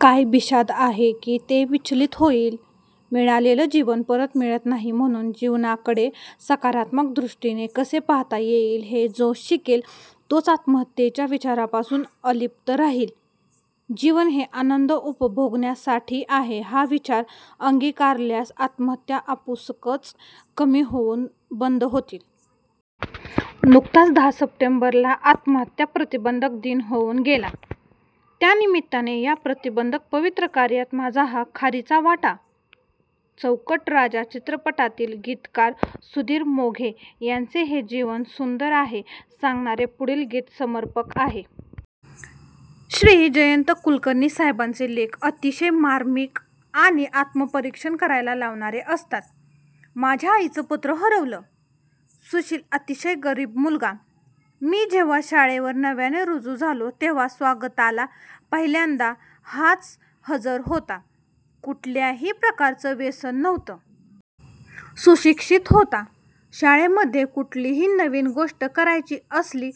काय बिशाद आहे की ते विचलित होईल! मिळालेलं जीवन परत मिळत नाही म्हणून जीवनाकडे सकारात्मक दृष्टीने कसे पाहता येईल हे जो शिकेल तोच आत्महत्येच्या विचारापासून अलिप्त राहील. जीवन हे आनंद उपभोगण्यासाठी आहे हा विचार अंगीकारल्यास आत्महत्या आपसूकच कमी होऊन बंद होतील! नुकताच दहा सप्टेंबरला आत्महत्या प्रतिबंधक दिन होऊन गेला. त्या निमित्ताने या प्रतिबंधक पवित्र कार्यात माझा हा खारीचा वाटा! चौकट राजा चित्रपटातील गीतकार सुधीर मोघे यांचे हे जीवन सुंदर आहे सांगणारे पुढील गीत समर्पक आहे. श्री. जयंत कुलकर्णी साहेबांचे लेख अतिशय र्मामीक आणि आत्मपरीक्षण करायला लावणारे असतात. माझ्या आईचं पत्र हरवलं! सुशील अतिशय गरीब मुलगा. मी जेव्हा शाळेवर नव्याने रुजू झालो तेव्हा स्वागताला पहिल्यांदा हाच हजर होता. कुठल्याही प्रकारचं व्यसन नव्हतं. सुशिक्षित होता. शाळेमध्ये कुठलीही नवीन गोष्ट करायची असली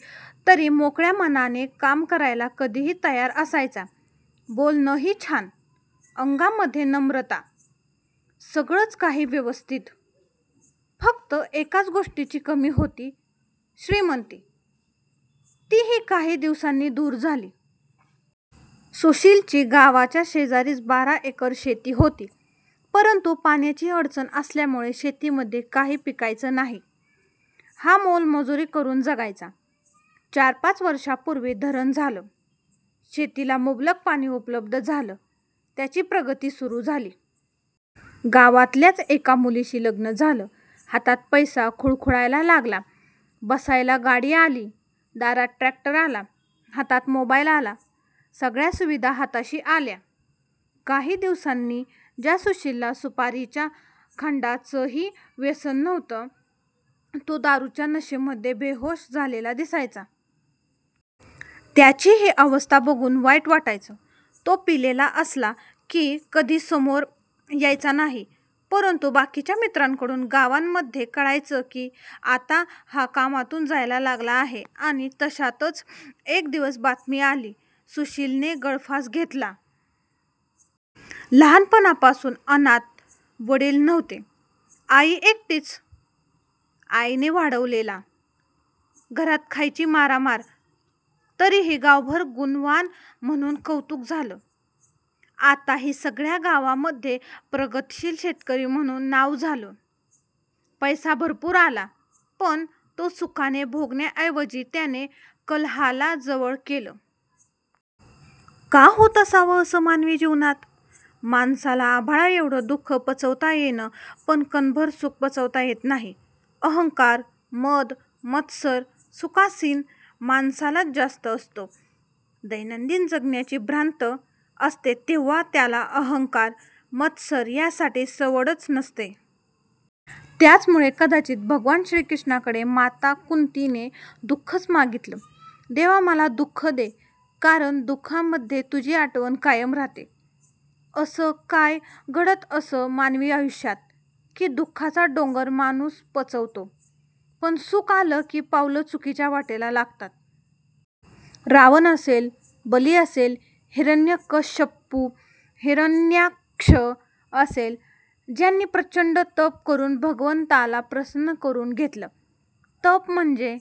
तरी मोकळ्या मनाने काम करायला कधीही तयार असायचा. बोलणंही छान. अंगामध्ये नम्रता. सगळं काही व्यवस्थित. फक्त एकाच गोष्टीची कमी होती. श्रीमंती. तीही काही दिवसांनी दूर झाली. सुशीलची गावाच्या शेजारीच बारा एकर शेती होती, परंतु पाण्याची अडचण असल्यामुळे शेतीमध्ये काही पिकायचं नाही. हा मोलमजुरी करून जगायचा. चार पाच वर्षांपूर्वी धरण झालं. शेतीला मुबलक पाणी उपलब्ध झालं. त्याची प्रगती सुरू झाली. गावातल्याच एका मुलीशी लग्न झालं. हातात पैसा खुळखुळायला लागला. बसायला गाडी आली. दारात ट्रॅक्टर आला. हातात मोबाईल आला. सगळ्या सुविधा हाताशी आल्या. काही दिवसांनी ज्या सुशीलला सुपारीच्या खांडाचंही व्यसन नव्हतं, तो दारूच्या नशेमध्ये बेहोष झालेला दिसायचा. त्याची ही अवस्था बघून वाईट वाटायचं. तो पिलेला असला की कधी समोर यायचा नाही, परंतु बाकीच्या मित्रांकडून गावांमध्ये कळायचं की आता हा कामातून जायला लागला आहे आणि तशातच एक दिवस बातमी आली, सुशिलने गळफास घेतला! लहानपणापासून अनाथ. वडील नव्हते. आई एकटीच. आईने वाढवलेला. घरात खायची मारामार, तरीही गावभर गुणवान म्हणून कौतुक झालं. आताही सगळ्या गावामध्ये प्रगतीशील शेतकरी म्हणून नाव झालं. पैसा भरपूर आला, पण तो सुखाने भोगण्याऐवजी त्याने कलहाला जवळ केलं. का होत असावं असं मानवी जीवनात? माणसाला आभाळाएवढं दुःख पचवता येतं पण कणभर सुख पचवता येत नाही. अहंकार, मद, मत्सर, सुखासीन माणसालाच जास्त असतो. दैनंदिन जगण्याची भ्रांत असते तेव्हा त्याला अहंकार, मत्सर यासाठी सवडच नसते. त्याचमुळे कदाचित भगवान श्रीकृष्णाकडे माता कुंतीने दुःखंच मागितलं, देवा मला दुःख दे, कारण दुःखामध्ये तुझी आठवण कायम राहते. असं काय घडतं असं मानवी आयुष्यात, की दुःखाचा डोंगर माणूस पचवतो, पण सुख आलं की पावलं चुकीच्या वाटेला लागतात. रावण असेल, बली असेल, हिरण्यकश्यपू, हिरण्याक्ष असेल ज्यांनी प्रचंड तप करून भगवंताला प्रसन्न करून घेतलं. तप म्हणजे